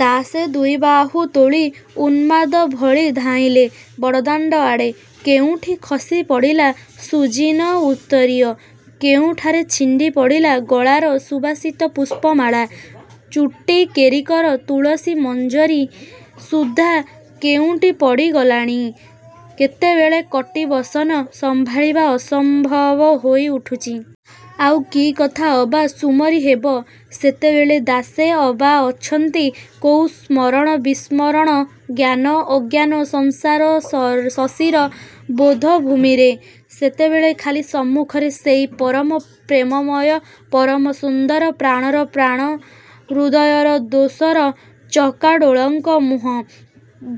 ଦାସେ ଦୁଇବାହୁ ତୋଳି ଉନ୍ମାଦ ଭଳି ଧାଇଁଲେ ବଡ଼ଦାଣ୍ଡ ଆଡ଼େ। କେଉଁଠି ଖସି ପଡ଼ିଲା ସୁଝୀନ ଉତ୍ତରୀୟ। କେଉଁଠାରେ ଛିଣ୍ଡି ପଡ଼ିଲା ଗଳାର ସୁବାସିତ ପୁଷ୍ପମାଳା। ଚୁଟି କେରିକର ତୁଳସୀ ମଞ୍ଜରୀ ସୁଦ୍ଧା କେଉଁଠି ପଡ଼ିଗଲାଣି। କେତେବେଳେ କଟି ବସନ ସମ୍ଭାଳିବା ଅସମ୍ଭବ ହୋଇ ଉଠୁଛି। ଆଉ କି କଥା ଅବା ସୁମରି ହେବ ସେତେବେଳେ? ଦାସେ ଅବା ଅଛନ୍ତି କୋଉ ସ୍ମରଣ ବିସ୍ମରଣ, ଜ୍ଞାନ, ଅଜ୍ଞାନ, ସଂସାର ଶଶୀର-ବୋଧ ଭୂମିରେ? ସେତେବେଳେ ଖାଲି ସମ୍ମୁଖରେ ସେଇ ପରମ ପ୍ରେମମୟ, ପରମ ସୁନ୍ଦର, ପ୍ରାଣର ପ୍ରାଣ ହୃଦୟର ଦୋସର ଚକାଡ଼ୋଳଙ୍କ ମୁହଁ।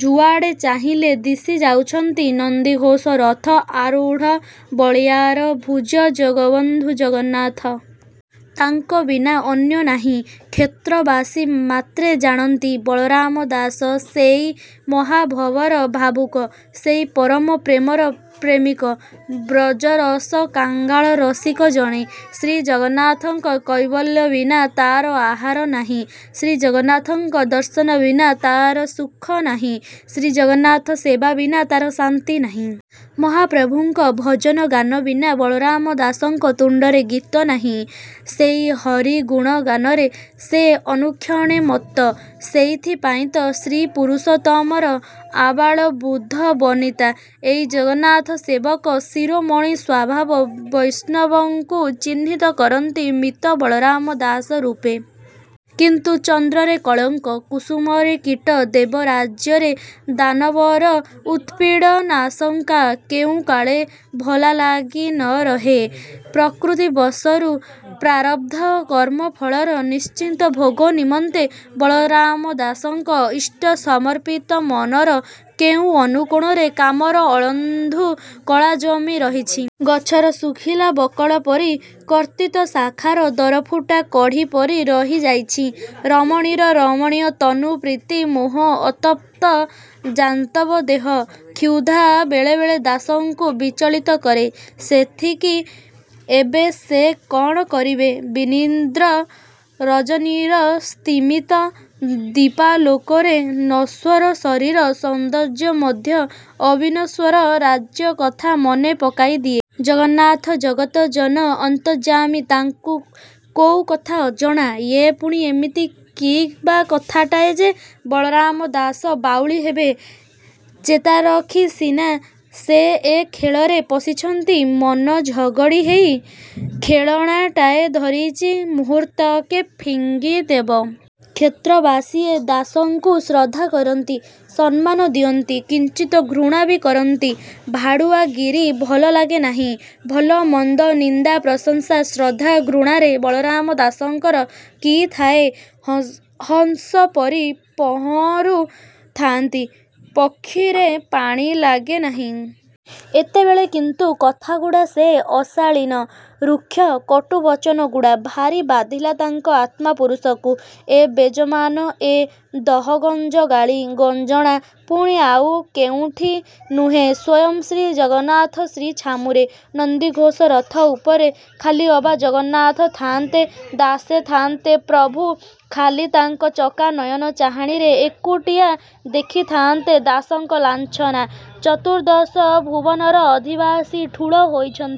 ଯୁଆଡ଼େ ଚାହିଁଲେ ଦିଶି ଯାଉଛନ୍ତି ନନ୍ଦିଘୋଷ ରଥ ଆରୁଢ଼ ବଳୀୟାର ଭୂଜ ଜଗବନ୍ଧୁ ଜଗନ୍ନାଥ। ତାଙ୍କ ବିନା ଅନ୍ୟ ନାହିଁ। କ୍ଷେତ୍ର ବାସୀ ମାତ୍ରେ ଜାଣନ୍ତି, ବଳରାମ ଦାସ, ସେଇ ମହା ଭବର ଭାବୁକ, ସେଇ ପରମ ପ୍ରେମର ପ୍ରେମିକ, ବ୍ରଜରସ କାଙ୍ଗାଳ ରସିକ ଜଣେ। ଶ୍ରୀ ଜଗନ୍ନାଥଙ୍କ କୈବଲ୍ୟ ବିନା ତା'ର ଆହାର ନାହିଁ ଶ୍ରୀଜଗନ୍ନାଥଙ୍କ ଦର୍ଶନ ବିନା ତା'ର ସୁଖ ନାହିଁ, ଶ୍ରୀ ଜଗନ୍ନାଥଙ୍କ ସେବା ବିନା ତା'ର ଶାନ୍ତି ନାହିଁ। ମହାପ୍ରଭୁଙ୍କ ଭଜନ ଗାନ ବିନା ବଳରାମ ଦାସଙ୍କ ତୁଣ୍ଡରେ ଗୀତ ନାହିଁ। ସେଇ ହରି ଗୁଣ ଗାନରେ ସେ ଅନୁକ୍ଷଣେ ମତ୍ତ। ସେଇଥି ପାଇଁ ତ ଶ୍ରୀ ପୁରୁଷୋତ୍ତମର, ଆବାଳ ବୃଦ୍ଧ ବନିତା, ଏଇ ଜଗନ୍ନାଥ ସେବକ ଶିରୋମଣି ସ୍ୱଭାବ ବୈଷ୍ଣବଙ୍କୁ ଚିହ୍ନିତ କରନ୍ତି ମିତ୍ତ ବଳରାମ ଦାସ ରୂପେ। କିନ୍ତୁ– ଚନ୍ଦ୍ରରେ କଳଙ୍କ, କୁସୁମରେ କୀଟ, ଦେବ ରାଜ୍ୟରେ ଦାନବର ଉତ୍ପୀଡ଼ନାଶଙ୍କା କେଉଁ କାଳେ ଭଲା ଲାଗି ନ ରହେ। ପ୍ରକୃତିବଶରୁ, ପ୍ରାରବ୍ଧ କର୍ମ ଫଳର, ନିଶ୍ଚିତ ଭୋଗ ନିମନ୍ତେ, ବଳରାମ ଦାସଙ୍କ ଇଷ୍ଟ ସମର୍ପିତ ମନର କେଉଁ ଅନୁକୋଣରେ କାମର ଅଳନ୍ଧୁ କଳା ଜମି ରହିଛି। ଗଛର ଶୁଖିଲା ବକଳ ପରି, କର୍ତ୍ତିତ ଶାଖାର ଦରଫୁଟା କଢ଼ି ପରି ରହି ଯାଇଛି। ରମଣୀର ରମଣୀୟ ତନୁ ପ୍ରୀତି ମୋହ ଅତପ୍ତ ଜାନ୍ତବ ଦେହ-କ୍ଷୁଧା ବେଳେବେଳେ ଦାସଙ୍କୁ ବିଚଳିତ କରେ। ସେଥିକି, ଏବେ ସେ କ'ଣ କରିବେ? ବିନିଦ୍ର ରଜନୀର ସ୍ତିମୀତ ଦୀପାଲୋକରେ ନଶ୍ୱର ଶରୀର ସୌନ୍ଦର୍ଯ୍ୟ ମଧ୍ୟ ଅବିନଶ୍ୱର ରାଜ୍ୟ କଥା ମନେ ପକେଇ ଦିଏ। ଜଗନ୍ନାଥ, ଜଗତ ଜନ ଅନ୍ତର୍ଯ୍ୟାମୀ ତାଙ୍କୁ କୋଉ କଥା ଅଜଣା। ୟେ' ପୁଣି ଏମିତି କି ' ବା କଥାଟାଏ ଯେ, ବଳରାମ ଦାସ ବାଉଳି ହେବେ। ଚେତାରଖି ସିନା, ସେ ଏ ଖେଳରେ ପଶିଛନ୍ତି ମନ ଝଗଡ଼ି ହେଇ, ଖେଳଣାଟାଏ ଧରିଚି ମୁହୂର୍ତ୍ତକେ ଫିଙ୍ଗିଦେବ। କ୍ଷେତ୍ରବାସୀଏ ଦାସଙ୍କୁ ଶ୍ରଦ୍ଧା କରନ୍ତି, ସମ୍ମାନ ଦିଅନ୍ତି, କିଞ୍ଚିତ ଘୃଣା ବି କରନ୍ତି। ଭାଡ଼ୁଆ ଗିରୀ ଭଲ ଲାଗେ ନାହିଁ। ଭଲ, ମନ୍ଦ, ନିନ୍ଦା, ପ୍ରଶଂସା, ଶ୍ରଦ୍ଧା, ଘୃଣାରେ ବଳରାମ ଦାସଙ୍କର କି' ଥାଏ? ହଂସ ପରି ପହଂରୁ ଥାଆନ୍ତି। ପକ୍ଷୀରେ ପାଣି ଲାଗେ ନାହିଁ। ଏତେବେଳେ କିନ୍ତୁ କଥାଗୁଡ଼ା, ସେ ଅଶାଳୀନ, ରୁକ୍ଷ, କଟୁ ବଚନ ଗୁଡ଼ା, ଭାରି ବାଧିଲା ତାଙ୍କ ଆତ୍ମା ପୁରୁଷକୁ। ଏ ବେଜମାନ, ଏ ଦହଗଞ୍ଜ ଗାଳି, ଗଞ୍ଜଣା, ପୁଣି ଆଉ କେଉଁଠି ନୁହେଁ ସ୍ୱୟଂ ଶ୍ରୀ ଜଗନ୍ନାଥଙ୍କ ଶ୍ରୀ ଛାମୁରେ। ନନ୍ଦିଘୋଷ ରଥ ଉପରେ ଖାଲି ଅବା ଜଗନ୍ନାଥ, ଥାଆନ୍ତେ, ଦାସେ ଥଆନ୍ତେ ପ୍ରଭୁ ଖାଲି ତାଙ୍କ ଚକା ନୟନ ଚାହାଣିରେ, ଏକୁଟିଆ ଦେଖି ଥାଆନ୍ତେ ଦାସଙ୍କ ଲାଞ୍ଛନା। ଚତୁର୍ଦ୍ଦଶ ଭୁବନର ଅଧିବାସୀ ଠୁଳ ହୋଇଛନ୍ତି।